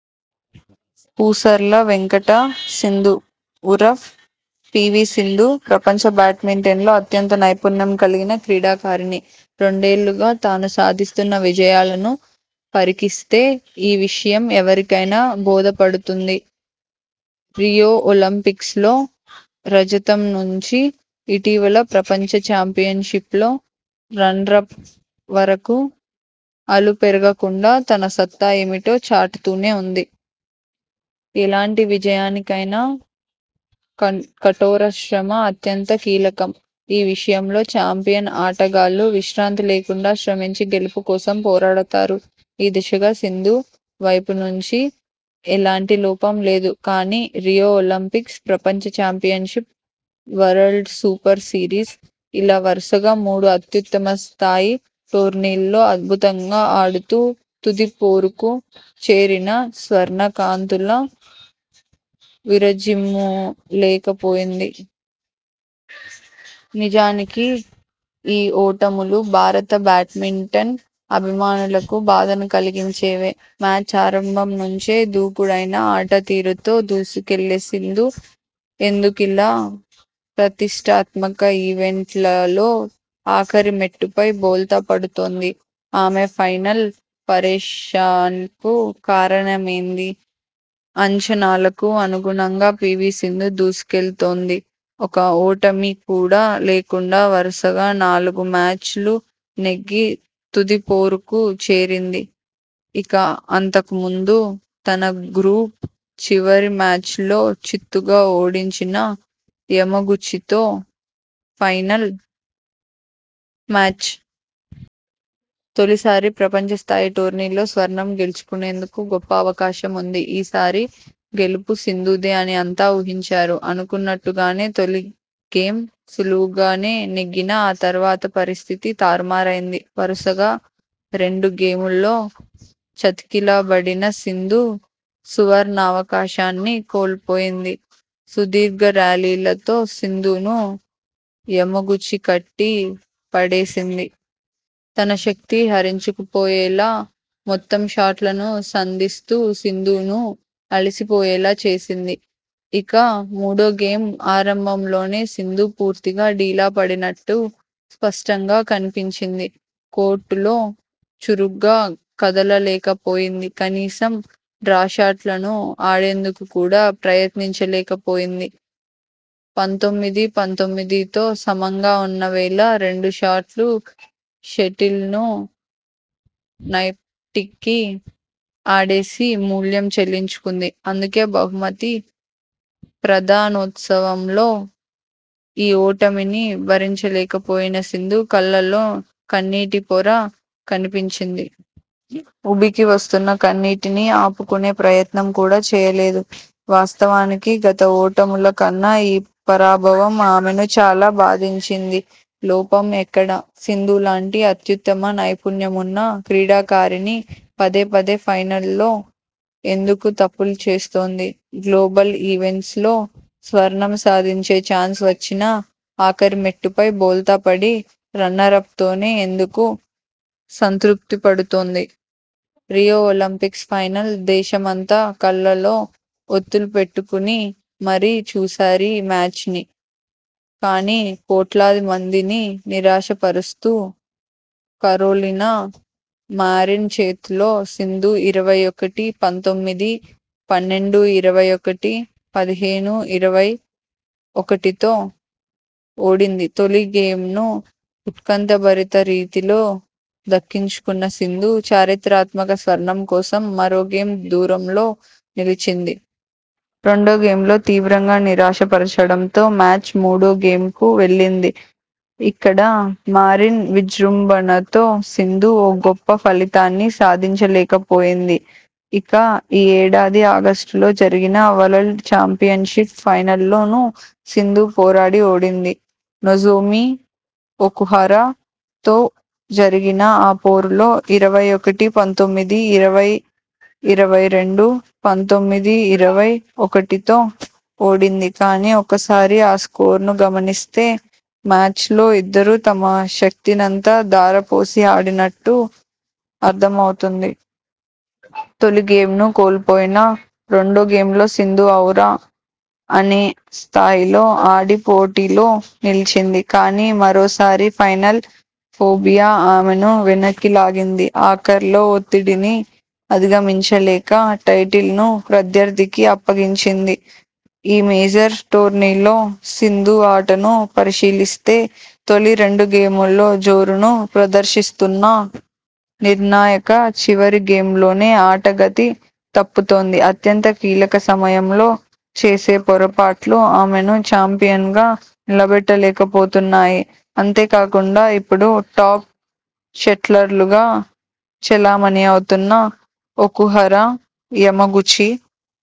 పూసర్ల వెంకట సింధు ఉరఫ్ పీవీ సింధు.. ప్రపంచ బ్యాడ్మింటన్లో అత్యంత నైపుణ్యం కలిగిన క్రీడాకారిణి.. రెండేళ్లుగా తాను సాధిస్తున్న విజయాలను పరికిస్తే ఈ విషయం ఎవరికైనా బోధపడుతుంది. రియో ఒలింపిక్స్లో రజతం నుంచి ఇటీవలి ప్రపంచ చాంపియన్షిప్లో రన్నరప్ వరకు అలుపెరగకుండా తన సత్తా ఏమిటో చాటుతూనే ఉంది. ఎలాంటి విజయానికైనా కఠోరశ్రమ అత్యంత కీలకం. ఈ విషయంలో చాంపియన్ ఆటగాళ్లు విశ్రాంతి లేకుండా శ్రమించి గెలుపు కోసం పోరాడతారు. ఈ దిశగా సింధు వైపునుంచి ఎలాంటి లోపం లేదు. కానీ రియో ఒలింపిక్స్, ప్రపంచ చాంపియన్షిప్, వరల్డ్ సూపర్ సిరీస్.. ఇలా వరుసగా మూడు అత్యుత్తమ స్థాయి టోర్నీల్లో అద్భుతంగా ఆడుతూ తుది పోరుకు చేరినా స్వర్ణ కాంతుల విరజిములేకపోయింది. నిజానికి ఈ ఓటములు భారత బ్యాడ్మింటన్ అభిమానులకు బాధను కలిగించేవే! మ్యాచ్ ఆరంభం నుంచే దూకుడైన ఆటతీరుతో దూసుకెళ్లే సింధు ఎందుకిలా ప్రతిష్ఠాత్మక ఈవెంట్లలో ఆఖరి మెట్టుపై బోల్తా పడుతోంది? ఆమె 'ఫైనల్' పరేషాన్కు కారణమేంది? అంచనాలకు అనుగుణంగా పీవీ సింధు దూసుకెళుతోంది. ఒక్క ఓటమి కూడా లేకుండా వరుసగా నాలుగుమ్యాచ్లు నెగ్గి తుదిపోరుకు చేరింది ఇక అంతకుముందు తన గ్రూప్ చివరిమ్యాచ్లో చిత్తుగా ఓడించిన యమగుచితో ఫైనల్ మ్యాచ్. తొలిసారి ప్రపంచస్థాయి టోర్నీలో స్వర్ణం గెలుచుకునేందుకు గొప్ప అవకాశం ఇది. ఈసారీ గెలుపు సింధుదే అని అంతా ఊహించారు. అనుకున్నట్టుగానే తొలి గేమ్ సులువుగా నే నెగ్గినా ఆ తర్వాత పరిస్థితి తారుమారైంది. వరుసగా రెండు గేముల్లో చతికిలబడిన సింధు సువర్ణావకాశాన్ని కోల్పోయింది. సుదీర్ఘర్యాలీలతో సింధును యమగుచి కట్టి పడేసింది. తన శక్తి హరించుకుపోయేలా కోర్టు మొత్తం షాట్లను సంధిస్తూ సింధును అలసిపోయేలా చేసింది. ఇక మూడో గేమ్ ఆరంభంలోనే సింధు పూర్తిగా డీలాపడినట్టు స్పష్టంగా కనిపించింది. కోర్టులో చురుగ్గా కదలలేకపోయింది. కనీసం డ్రాప్షాట్లను ఆడేందుకు కూడా ప్రయత్నించ లేకపోయింది. పంతొమ్మిది-పంతొమ్మిదితో సమంగా ఉన్న వేళ రెండుసార్లు షటిల్ను నెట్పైకి ఆడేసి మూల్యం చెల్లించుకుంది అందుకే బహుమతి ప్రదా నోత్సవంలో ఈ ఓటమిని భరించలేకపోయిన సింధు కళ్లల్లో కన్నీటి పొర కనిపించింది. ఉబికి వస్తున్న కన్నీటిని ఆపుకొనే ప్రయత్నం కూడా చేయలేదు. వాస్తవానికి గత ఓటముల కన్నా ఈ పరాభవం ఆమెను చాలా బాధించింది. లోపం ఎక్కడ? సింధులాంటి అత్యుత్తమ నైపుణ్యమున్న క్రీడాకారిణి పదేపదే ఫైనల్స్లో ఎందుకు తప్పులు చేస్తోంది? గ్లోబల్ ఈవెంట్స్లో స్వర్ణం సాధించే చాన్స్ వచ్చినా ఆఖరిమెట్టుపై బోల్తాపడి రన్నరప్తోనే ఎందుకు సంతృప్తిపడుతోంది? రియో ఒలింపిక్స్ ఫైనల్.. దేశమంతా కళ్లల్లో ఒత్తులు పెట్టుకు ని మరీ చూశారీ మ్యాచ్ను. కానీ కోట్లాది మందిని నిరాశపరుస్తూ కరోలినా మారిన్ చేతిలో సింధు ఇరవై ఒకటి-పంతొమ్మిది, పన్నెండు-ఇరవై ఒకటి, పదిహేను-ఇరవై ఒకటితో ఓడింది తొలి గేమ్ను ఉత్కంఠ భరిత రీతిలో దక్కించుకున్న సింధు చరిత్రాత్మక స్వర్ణం కోసం మరో గేమ్ దూరంలో నిలిచింది. రెండోగేమ్లో తీవ్రంగా నిరాశపరచడంతో మ్యాచ్ మూడో గేమ్కు వెళ్లింది. ఇక్కడ మారిన్ విజృంభణతో సింధు ఓ గొప్ప ఫలితాన్ని సాధించలేకపోయింది. ఇక ఈ ఏడాది ఆగస్టులో జరిగిన వరల్డ్ చాంపియన్షిప్ ఫైనల్లో నూ సింధు పోరాడి ఓడింది. నొజోమి ఒకుహరా తో జరిగిన ఆ పోరులో ఇరవై ఒకటి-పంతొమ్మిది, ఇరవై-ఇరవై రెండు, పంతొమ్మిది-ఇరవై ఒకటితో ఓడింది కానీ ఒక్కసారి ఆ స్కోర్లను గమనిస్తే మ్యాచ్లో ఇద్దరు తమ శక్తినంతా ధారపోసి ఆడినట్టు అర్థమవుతుంది. తొలిగేమ్ను కోల్పోయినా రెండోగేమ్లో సింధు ఔరా.. అనే స్థాయిలో ఆడి పోటీలో నిలిచింది. కానీ మరోసారి ఫైనల్ ఫోబియా ఆమెను వెనక్కి లాగింది. ఆఖర్లో ఒత్తిడిని అధిగమించలేక టైటిల్ను ప్రత్యర్థికి అప్పగించింది. ఈ మేజర్ టోర్నీల్లో సింధు ఆటను పరిశీలిస్తే తొలి రెండు గేముల్లో జోరును ప్రదర్శిస్తున్నా.. నిర్ణాయక చివరి గేమ్లోనే ఆట గతి తప్పుతోంది. అత్యంత కీలక సమయంలో చేసే పొరపాట్లు ఆమెను చాంపియన్గా నిలబెట్టలేకపోతున్నాయి. అంతేకాకుండా ఇప్పుడు టాప్ షట్లర్లుగా చెలామణి అవుతున్న ఒకుహర, యమగుచి,